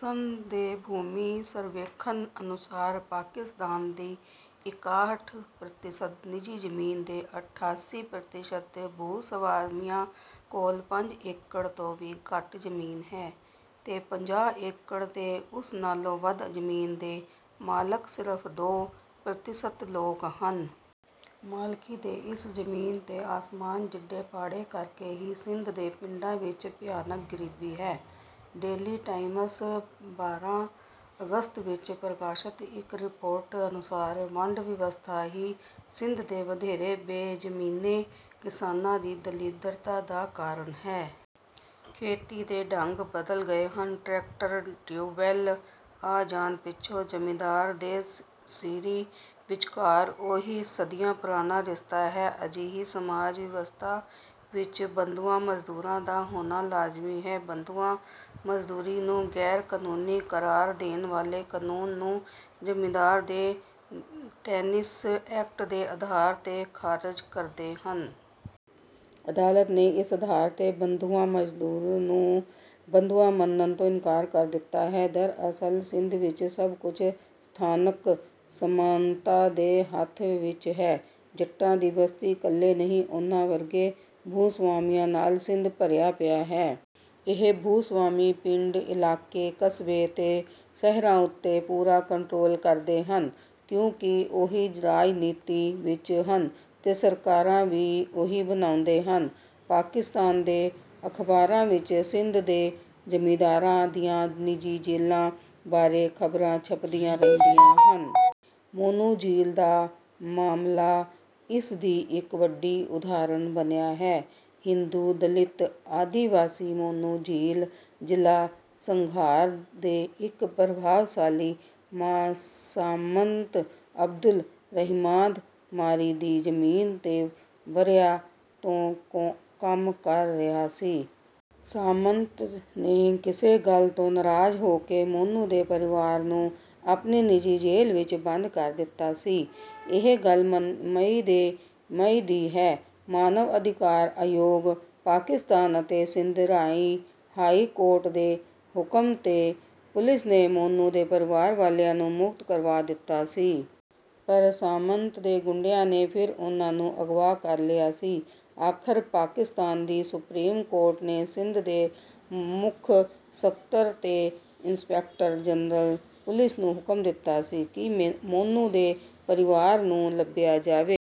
ਸਨ ਦੇ ਭੂਮੀ ਸਰਵੇਖਣ ਅਨੁਸਾਰ ਪਾਕਿਸਤਾਨ ਦੀ ਇਕਾਹਠ ਪ੍ਰਤੀਸ਼ਤ ਨਿੱਜੀ ਜ਼ਮੀਨ ਦੇ ਅਠਾਸੀ ਪ੍ਰਤੀਸ਼ਤ ਭੂ-ਸਵਾਮੀਆਂ ਕੋਲ ਪੰਜ ਏਕੜ ਤੋਂ ਵੀ ਘੱਟ ਜ਼ਮੀਨ ਹੈ। ਤੇ ਪੰਜਾਹ ਏਕੜ ਤੇ ਉਸ ਨਾਲੋਂ ਵੱਧ ਜ਼ਮੀਨ ਦੇ ਮਾਲਕ ਸਿਰਫ਼ ਦੋ ਪ੍ਰਤੀਸ਼ਤ ਲੋਕ ਹਨ। ਮਾਲਕੀ ਦੇ ਇਸ ਜ਼ਮੀਨ ਤੇ ਆਸਮਾਨ ਜਿੱਡੇ ਪਾੜੇ ਕਰਕੇ ਹੀ ਸਿੰਧ ਦੇ ਪਿੰਡਾਂ ਵਿਚ ਭਿਆਨਕ ਗ਼ਰੀਬੀ ਹੈ। ਡੇਲੀ ਟਾਈਮਸ ਬਾਰਾਂ ਅਗਸਤ ਵਿਚ ਪ੍ਰਕਾਸ਼ਤ ਇਕ ਰਿਪੋਰਟ ਅਨੁਸਾਰ, ਵੰਡ ਵਿਵਸਥਾ ਹੀ ਸਿੰਧ ਦੇ ਵਧੇਰੇ ਬੇਜ਼ਮੀਨੇ ਕਿਸਾਨਾਂ ਦੀ ਦਲਿੱਦਤਾ ਦਾ ਕਾਰਨ ਹੈ। ਖੇਤੀ ਦੇ ਢੰਗ ਬਦਲ ਗਏ ਹਨ। ਟਰੈਕਟਰ, ਟਿਊਬਵੈੱਲ ਆ ਜਾਣ ਪਿੱਛੋਂ ਜ਼ਿਮੀਂਦਾਰ ਤੇ ਸੀਰੀ ਵਿਚਕਾਰ ਉਹੀ ਸਦੀਆਂ ਪੁਰਾਣਾ ਰਿਸ਼ਤਾ ਹੈ। ਅਜਿਹੀ ਸਮਾਜ ਵਿਵਸਥਾ ਵਿਚ ਬੰਧੁਆ ਮਜ਼ਦੂਰਾਂ ਦਾ ਹੋਣਾ ਲਾਜ਼ਮੀ ਹੈ। ਬੰਧੁਆ ਮਜ਼ਦੂਰੀ ਨੂੰ ਗ਼ੈਰ-ਕਾਨੂੰਨੀ ਕਰਾਰ ਦੇਣ ਵਾਲੇ ਕਾਨੂੰਨ ਨੂੰ ਜ਼ਿਮੀਂਦਾਰ ਦੇ ਟੇਨੈਂਸੀ ਐਕਟ ਦੇ ਆਧਾਰ ’ਤੇ ਖ਼ਾਰਜ ਕਰਦੇ ਹਨ। ਅਦਾਲਤ ਨੇ ਇਸ ਆਧਾਰ ’ਤੇ ਬੰਧੁਆ ਮਜ਼ਦੂਰ ਨੂੰ ਬੰਧੁਆ ਮੰਨਣ ਤੋਂ ਇਨਕਾਰ ਕਰ ਦਿੱਤਾ ਹੈ। ਦਰਅਸਲ ਸਿੰਧ ਵਿਚ ਸਭ ਕੁਝ ਸਥਾਨਕ ਸਾਮੰਤਾਂ ਦੇ ਹੱਥ ਵਿਚ ਹੈ। ਜੱਟਾਂ ਦੀ ਬਸਤੀ ਇਕੱਲੇ ਨਹੀਂ, ਉਹਨਾਂ ਵਰਗੇ ਭੂ-ਸਵਾਮੀਆਂ ਨਾਲ ਸਿੰਧ ਭਰਿਆ ਪਿਆ ਹੈ। ਇਹ ਭੂ-ਸਵਾਮੀ ਪਿੰਡ, ਇਲਾਕੇ, ਕਸਬੇ ਤੇ ਸ਼ਹਿਰਾਂ ਉੱਤੇ ਪੂਰਾ ਕੰਟਰੋਲ ਕਰਦੇ ਹਨ, ਕਿਉਂਕਿ ਉਹੀ ਰਾਜਨੀਤੀ ਵਿਚ ਹਨ ਤੇ ਸਰਕਾਰਾਂ ਵੀ ਉਹੀ ਬਣਾਉਂਦੇ ਹਨ। ਪਾਕਿਸਤਾਨ ਦੇ ਅਖ਼ਬਾਰਾਂ ਵਿਚ ਸਿੰਧ ਦੇ ਜ਼ਿਮੀਂਦਾਰਾਂ ਦੀਆਂ ਨਿੱਜੀ ਜੇਲ੍ਹਾਂ ਬਾਰੇ ਖ਼ਬਰਾਂ ਛਪਦੀਆਂ ਰਹਿੰਦੀਆਂ ਹਨ। ਮੋਨੂ ਭੀਲ ਦਾ ਮਾਮਲਾ ਇਸ ਦੀ ਇਕ ਵੱਡੀ ਉਦਾਹਰਨ ਬਣਿਆ ਹੈ। ਹਿੰਦੂ, ਦਲਿਤ ਆਦਿਵਾਸੀ ਮੋਨੂ ਭੀਲ ਜ਼ਿਲ੍ਹਾ ਸੰਘਾਰ ਦੇ ਇਕ ਪ੍ਰਭਾਵਸ਼ਾਲੀ ਸਾਮੰਤ ਅਬਦੁਲ ਰਹਿਮਾਨ ਮਾਰੀ ਦੀ ਜ਼ਮੀਨ ’ਤੇ ਵਰ੍ਹਿਆਂ ਤੋਂ ਕੰਮ ਕਰ ਰਿਹਾ ਸੀ। ਸਾਮੰਤ ਨੇ ਕਿਸੇ ਗੱਲ ਤੋਂ ਨਾਰਾਜ਼ ਹੋ ਕੇ ਮੋਨੂ ਦੇ ਪਰਿਵਾਰ ਨੂੰ ਆਪਣੀ ਨਿੱਜੀ ਜੇਲ੍ਹ ਵਿਚ ਬੰਦ ਕਰ ਦਿੱਤਾ ਸੀ। ਇਹ ਗੱਲ ਮਈ ਦੀ ਹੈ। ਮਾਨਵ ਅਧਿਕਾਰ ਆਯੋਗ, ਪਾਕਿਸਤਾਨ ਅਤੇ ਸਿੰਧ ਹਾਈ ਕੋਰਟ ਦੇ ਹੁਕਮ ’ਤੇ ਪੁਲਿਸ ਨੇ ਮੋਨੂ ਦੇ ਪਰਿਵਾਰ ਵਾਲਿਆਂ ਨੂੰ ਮੁਕਤ ਕਰਵਾ ਦਿੱਤਾ ਸੀ। ਪਰ ਸਾਮੰਤ ਦੇ ਗੁੰਡਿਆਂ ਨੇ ਫਿਰ ਉਹਨਾਂ ਨੂੰ ਅਗਵਾ ਕਰ ਲਿਆ ਸੀ। ਆਖ਼ਰ ਪਾਕਿਸਤਾਨ ਦੀ ਸੁਪਰੀਮ ਕੋਰਟ ਨੇ ਸਿੰਧ ਦੇ ਮੁੱਖ ਸਕੱਤਰ ਤੇ ਇੰਸਪੈਕਟਰ ਜਨਰਲ ਪੁਲਿਸ ਨੂੰ ਹੁਕਮ ਦਿੱਤਾ ਸੀ ਕਿ ਮੋਨੂ ਦੇ ਪਰਿਵਾਰ ਨੂੰ ਲੱਭਿਆ ਜਾਵੇ।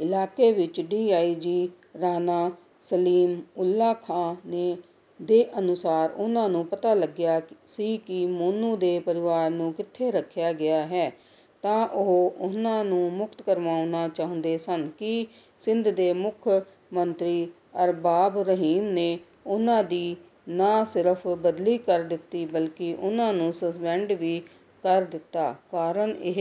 ਇਲਾਕੇ ਵਿਚ ਡੀ. ਆਈ. ਜੀ. ਰਾਣਾ ਸਲੀਮਉੱਲਾ ਖਾਂ ਦੇ ਅਨੁਸਾਰ, ਉਹਨਾਂ ਨੂੰ ਪਤਾ ਲੱਗਿਆ ਸੀ ਕਿ ਮੋਨੂ ਦੇ ਪਰਿਵਾਰ ਨੂੰ ਕਿੱਥੇ ਰੱਖਿਆ ਗਿਆ ਹੈ ਤਾਂ ਉਹ ਉਹਨਾਂ ਨੂੰ ਮੁਕਤ ਕਰਵਾਉਣਾ ਚਾਹੁੰਦੇ ਸਨ ਕਿ ਸਿੰਧ ਦੇ ਮੁੱਖ ਮੰਤਰੀ ਅਰਬਾਬ ਰਹੀਮ ਨੇ ਉਹਨਾਂ ਦੀ ਨਾ ਸਿਰਫ਼ ਬਦਲੀ ਕਰ ਦਿੱਤੀ, ਬਲਕਿ ਉਹਨਾਂ ਨੂੰ ਸਸਪੈਂਡ ਵੀ ਕਰ ਦਿੱਤਾ। ਕਾਰਨ ਇਹ...